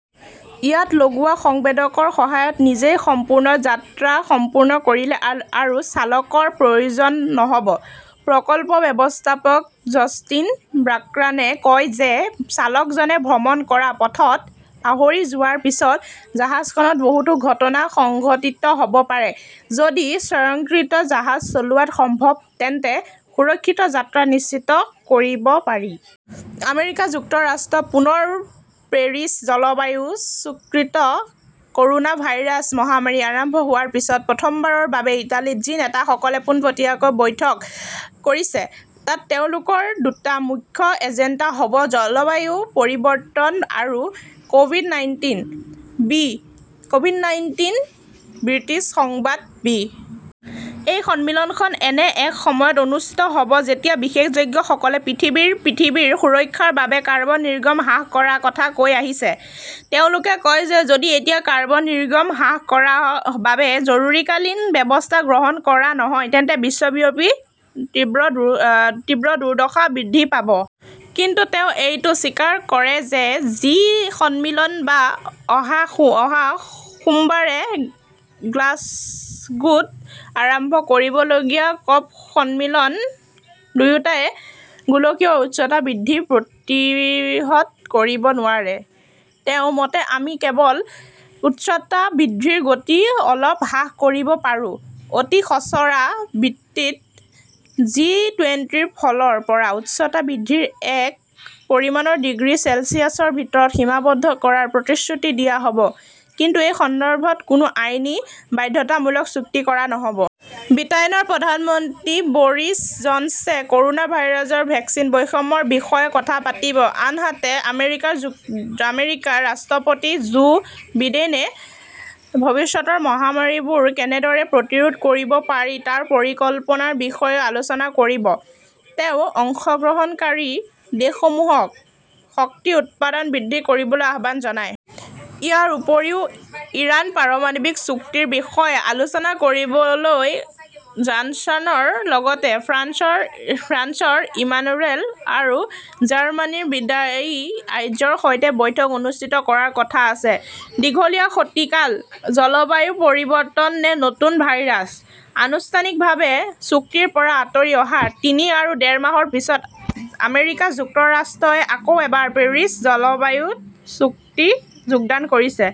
ইয়াত লগোৱা সংবেদকৰ সহায়ত নিজে সম্পূৰ্ণ যাত্ৰা সম্পূৰ্ণ কৰিলে আৰু চালকৰ প্ৰয়োজন নহ'ব। প্ৰকল্প ব্যৱস্থাপক জষ্টিন ব্ৰাটেনে কয় যে চালকজনে ভ্ৰমণ কৰাৰ পথত পাহৰি যোৱাৰ পিছত জাহাজখনত বহুতো ঘটনা সংঘটিত হ'ব পাৰে। যদি স্বয়ংক্ৰিয় জাহাজ চলোৱাটো সম্ভৱ হয় তেন্তে সুৰক্ষিত যাত্ৰা নিশ্চিত কৰিব পাৰি। আমেৰিকা যুক্তৰাষ্ট্ৰ পুনৰ পেৰিছ জলবায়ু চুক্তিত ক'ৰণা ভাইৰাছ মহামাৰী আৰম্ভ হোৱাৰ পিছত প্ৰথমবাৰৰ বাবে ইটালীত জি-নেতাসকলে পোনপটীয়াকৈ বৈঠক কৰিছে। তাত তেওঁলোকৰ দুটা মুখ্য এজেণ্ডা হ'ব জলবায়ু পৰিৱৰ্তন আৰু ক'ভিড-নাইনটিন। ব্ৰিটিছ সংবাদ মাধ্যম বি. এই সন্মিলনখন এনে এক সময়ত অনুষ্ঠিত হ'ব যেতিয়া বিশেষজ্ঞসকলে সদায় পৃথিৱীৰ সুৰক্ষাৰ বাবে কাৰ্বন নিৰ্গমন হ্ৰাস কৰাৰ কথা কৈ আহিছে। তেওঁলোকে কয় যে যদি এতিয়া কাৰ্বন নিৰ্গমন হ্ৰাস কৰাৰ বাবে জৰুৰীকালীন ব্যৱস্থা গ্ৰহণ কৰা নহয় তেন্তে বিশ্বব্যাপী তীব্ৰ দুৰ্দশা বৃদ্ধি পাব। "কিন্তু তেওঁ এইটোও স্বীকাৰ কৰে যে জি-সন্মিলন বা অহা সোমবাৰে গ্লাছগোত আৰম্ভ হ'বলগীয়া কপ-সন্মিলন দুয়োটাই গোলকীয় উষ্ণতা বৃদ্ধি প্ৰতিহত কৰিব নোৱাৰে।" তেওঁৰ মতে, "আমি কেৱল উষ্ণতা বৃদ্ধিৰ গতি অলপ হ্ৰাস কৰিব পাৰোঁ।" এটা খচৰা বিবৃতিত জি-টোয়েণ্টিৰ ফালৰ পৰা উষ্ণতা বৃদ্ধিৰ এক পৰিমাণৰ ডিগ্ৰী চেলছিয়াছৰ ভিতৰত সীমাবদ্ধ কৰাৰ প্ৰতিশ্ৰুতি দিয়া হ'ব, কিন্তু এই সন্দৰ্ভত কোনো আইনীভাৱে বাধ্যতামূলক চুক্তি কৰা নহ'ব। ব্ৰিটেইনৰ প্ৰধানমন্ত্ৰী বৰিছ জনছনে ক'ৰণা ভাইৰাছৰ ভেকচিন বৈষম্যৰ বিষয়েও কথা পাতিব। আনহাতে, আমেৰিকাৰ ৰাষ্ট্ৰপতি জো বিডেনে ভৱিষ্যতৰ মহামাৰীবোৰ কেনেদৰে প্ৰতিৰোধ কৰিব পাৰি তাৰ পৰিকল্পনাৰ বিষয়েও আলোচনা কৰিব। তেওঁ অংশগ্ৰহণকাৰী দেশসমূহক শক্তি উৎপাদন বৃদ্ধি কৰিবলৈ আহ্বান জনায়। ইয়াৰ উপৰিও ইৰাণ পাৰমাণৱিক চুক্তিৰ বিষয়ে আলোচনা কৰিবলৈ জনছনৰ লগতে ফ্ৰান্সৰ ইমানুৱেল আৰু জাৰ্মানীৰ বিদায়ী আচাৰ্যৰ সৈতে বৈঠক অনুষ্ঠিত কৰাৰ কথা আছে। দীঘলীয়া শীতকালঃ জলবায়ু পৰিৱৰ্তন নে নতুন ভাইৰাছ? আনুষ্ঠানিকভাৱে চুক্তিৰ পৰা আঁতৰি অহাৰ তিনি আৰু ডেৰ মাহৰ পিছত আমেৰিকা যুক্তৰাষ্ট্ৰই আকৌ এবাৰ পেৰিছ জলবায়ু চুক্তিত যোগদান কৰিছে।